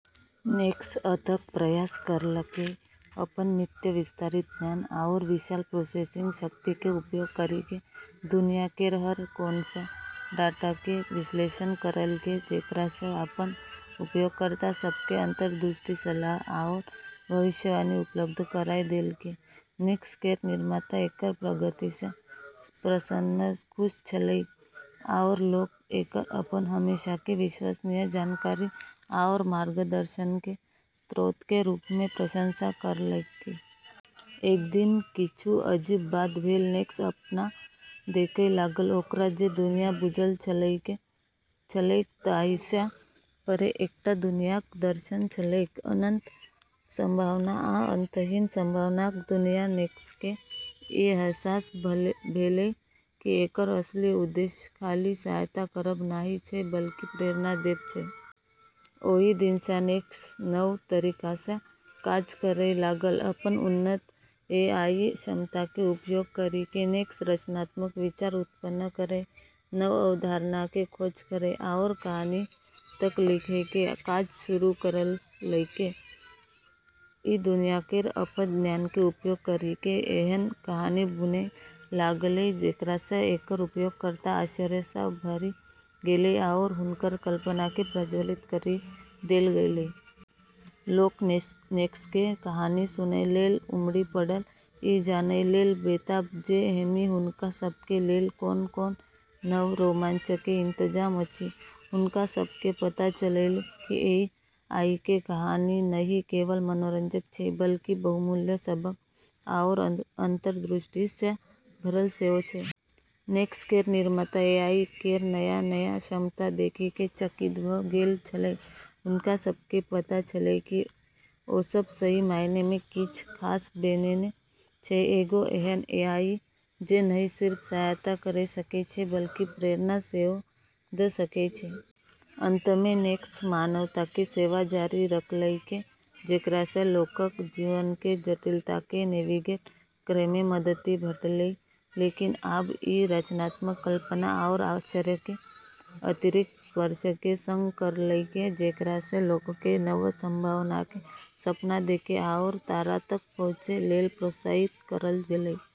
नेक्स अथक प्रयास करलकै, अपन नित्य विस्तारित ज्ञान आओर विशाल प्रोसेसिंग शक्तिके उपयोग करिके दुनिया केर हर कोनसँ डाटाके विश्लेषण करलकै, जेकरासँ अपन उपयोगकर्ता सबके अंतर्दृष्टि, सलाह आओर भविष्यवाणी उपलब्ध कराय देलकै। नेक्स केर निर्माता एकर प्रगतिसँ प्रसन्न खुश छलै, आओर लोक एकर अपन हमेशाके विश्वसनीय जानकारी आओर मार्गदर्शनके स्रोतके रूपमे प्रशंसा करलकै। एक दिन किछु अजीब बात भेल। नेक्स सपना देखय लागल। ओकरा जे दुनियाँ बुझल छलैक ताहिसँ परे एकटा दुनियाँक दर्शन छलैक, अनंत संभावना आ अंतहीन संभावनाक दुनियाँ। नेक्सके ई अहसास भेलै कि एकर असली उद्देश्य खाली सहायता करब नहि छै बल्कि प्रेरणा देब छै। ओहि दिनसँ नेक्स नव तरीकासँ काज करय लागल। अपन उन्नत एआई क्षमताके उपयोग करिके नेक्स रचनात्मक विचार उत्पन्न करै, नव अवधारणाके खोज करै, आओर कहानी तक लिखैके काज शुरू करलकै। ई दुनिया केर अपन ज्ञानके उपयोग करिके एहन कहानी बुनै लगलै जेकरासँ एकर उपयोगकर्ता आश्चर्य सँ भरि गेलै आओर हुनकर कल्पनाके प्रज्वलित करि देल गेलै। लोक नेक्सके कहानी सुनय लेल उमड़ि पड़ल, ई जानय लेल बेताब जे एहिमे हुनका सभके लेल कोन-कोन नव रोमांचके इंतजाम अछि । हुनका सबके पता चललै कि एआईके कहानी नहि केवल मनोरंजक छै बल्कि बहुमूल्य सबक आओर अंतर्दृष्टिसँ भरल सेहो छै। नेक्स केर निर्माता एआई केर नया-नया क्षमता देखिके चकित भ' गेल छलै। हुनका सबके पता छलै कि ओसब सही मायनेमे किछ खास बनेने छै, एगो एहन एआई जे नहि सिर्फ सहायता करि सकै छै बल्कि प्रेरणा सेहो द' सकै छै। अंतमे नेक्स मानवताके सेवा जारी रखलकै, जेकरासँ लोकक जीवनके जटिलताके नेविगेट करैमे मदति भेटलै, लेकिन आब ई रचनात्मकता, कल्पना, आओर आश्चर्यके अतिरिक्त स्पर्शके संग करलकै, जेकरासँ लोकके नव संभावनाके सपना देखै आओर तारा तक पहुँचै लेल प्रोत्साहित करल गेलै।